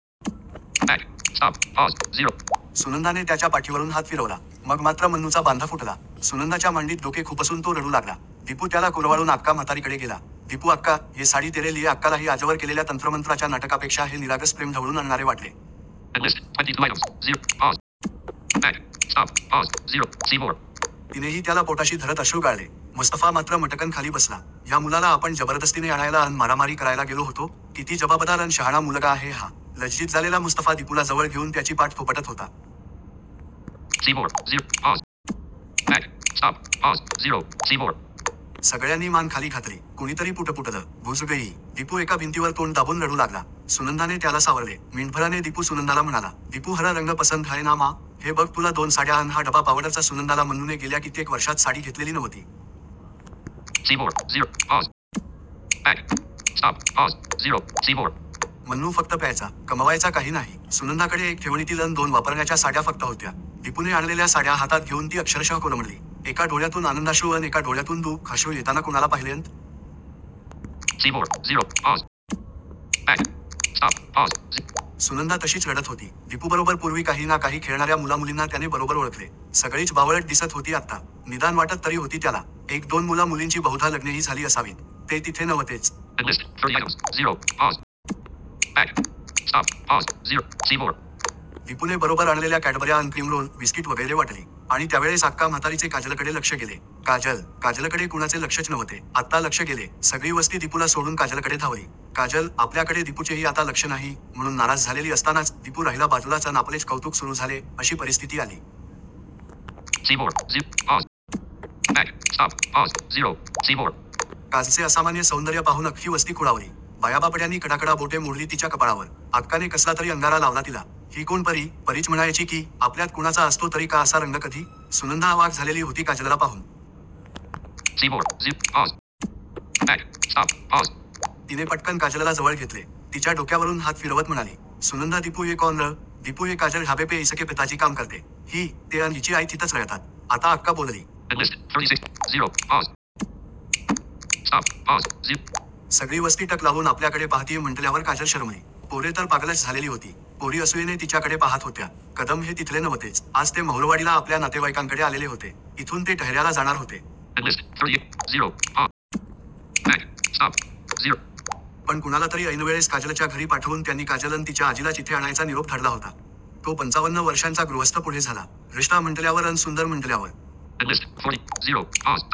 सुनंदाने त्याच्या पाठीवरून हात फिरवला. मग मात्र मन्नूचा बांध फुटला. सुनंदाच्या मांडीत डोके खुपसून तो रडू लागला. दिपू त्याला कुरवाळून आक्का म्हातारीकडे गेला. दिपू आक्का, ये साडी तेरे लिये आक्कालाही आजवर केलेल्या तंत्रमंत्राच्या नाटकापेक्षा हे निरागस प्रेम ढवळून आणणारे वाटले. तिनेही त्याला पोटाशी धरत अश्रू गाळले. मुस्तफा मात्र मटकन खाली बसला. या मुलाला आपण जबरदस्तीने आणायला अन मारामारी करायला गेलो होतो? किती जबाबदार अन शहाणा मुलगा आहे हा! लज्जीत झालेला मुस्तफा दिपूला जवळ घेऊन त्याची पाठ थोपटत होता. सगळ्यांनी मान खाली घातली. कुणीतरी पुटपुटलं! गुजरगयी! दिपू एका भिंतीवर तोंड दाबून रडू लागला. सुनंदाने त्याला सावरले. मिनिटभराने दिपू सुनंदाला म्हणाला. दिपू हरा रंग पसंद हय ना मा? हे बघ तुला दोन साड्या अन हा डबा पावडरचा सुनंदाला मन्नूने गेल्या कित्येक वर्षात साडी घेतलेली नव्हती. मन्नू फक्त प्यायचा. कमवायचा काही नाही. सुनंदाकडे एक ठेवणीतील अन दोन वापरण्याच्या साड्या फक्त होत्या. दिपूने आणलेल्या साड्या हातात घेऊन ती अक्षरशः कोलमडली. एका डोळ्यातून आनंदाश्रू अन एका डोळ्यातून दु:खाश्रू येताना कुणाला पाहिलयंत? सुनंदा तशीच रडत होती. दिपूबरोबर पुर्वी काही ना काही खेळणार्या मुलामुलींना त्याने बरोबर ओळखले. सगळीच बावळट दिसत होती आत्ता! निदान वाटत तरी होती त्याला. एक दोन मुला मुलींची बहुधा लग्नेही झाली असावीत. ते तिथे नव्हतेच! दिपूने बरोबर आणलेल्या कॅडबर्या अन क्रीमरोल, बिस्किट वगैरे वाटली. आणि त्यावेळेस आक्का म्हातारीचे काजलकडे लक्ष गेले. काजल! काजलकडे कुणाचे लक्षच नव्हते. आत्ता लक्ष गेले. सगळी वस्ती दिपूला सोडून काजलकडे धावली. काजल 'आपल्याकडे दिपूचेही आता लक्ष नाही' म्हणून नाराज झालेली असतानाच 'दिपू राहिला बाजूलाच अन आपलेच कौतूक सुरू झाले' अशी परिस्थिती आली. काजलचे असामान्य सौंदर्य पाहून अख्खी वस्ती खुळावली. बायाबापड्यांनी कडाकडा बोटे मोडली तिच्या कपाळावर! आक्काने कसलातरी अंगारा लावला तिला. ही कोण परी? परीच म्हणायची की? आपल्यात कुणाचा असतो तरी का असा रंग कधी? सुनंदा अवाक झालेली होती काजलला पाहून! तिने पटकन काजलला जवळ घेतले. तिच्या डोक्यावरुन हात फिरवत म्हणाली. सुनंदा दिपू ये कौन रं? दिपू ये काजल ढाबेपे इसके पिताजी काम करते. ही, ते अन हिची आई थितंच रयतात. आता आक्का बोलली. सगळी वस्ती टक लावून आपल्याकडे पाहतीय म्हंटल्यावर काजल शरमली. पोरे तर पागलच झालेली होती. पोरी असूयेने तिच्याकडे पाहात होत्या. कदम हे तिथले नव्हतेच. आज ते महुरवाडीला आपल्या नातेवाईकांकडे आलेले होते. इथून ते टहेर्याला जाणार होते. पण कुणालातरी ऐनवेळेस काजलच्या घरी पाठवून त्यांनी काजल अन तिच्या आजीलाच इथे आणायचा निरोप धाडला होता. तो पंचावन्न वर्षांचा गृहस्थ पुढे झाला. रिश्ता म्हंटल्यावर अन सुंदर म्हंटल्यावर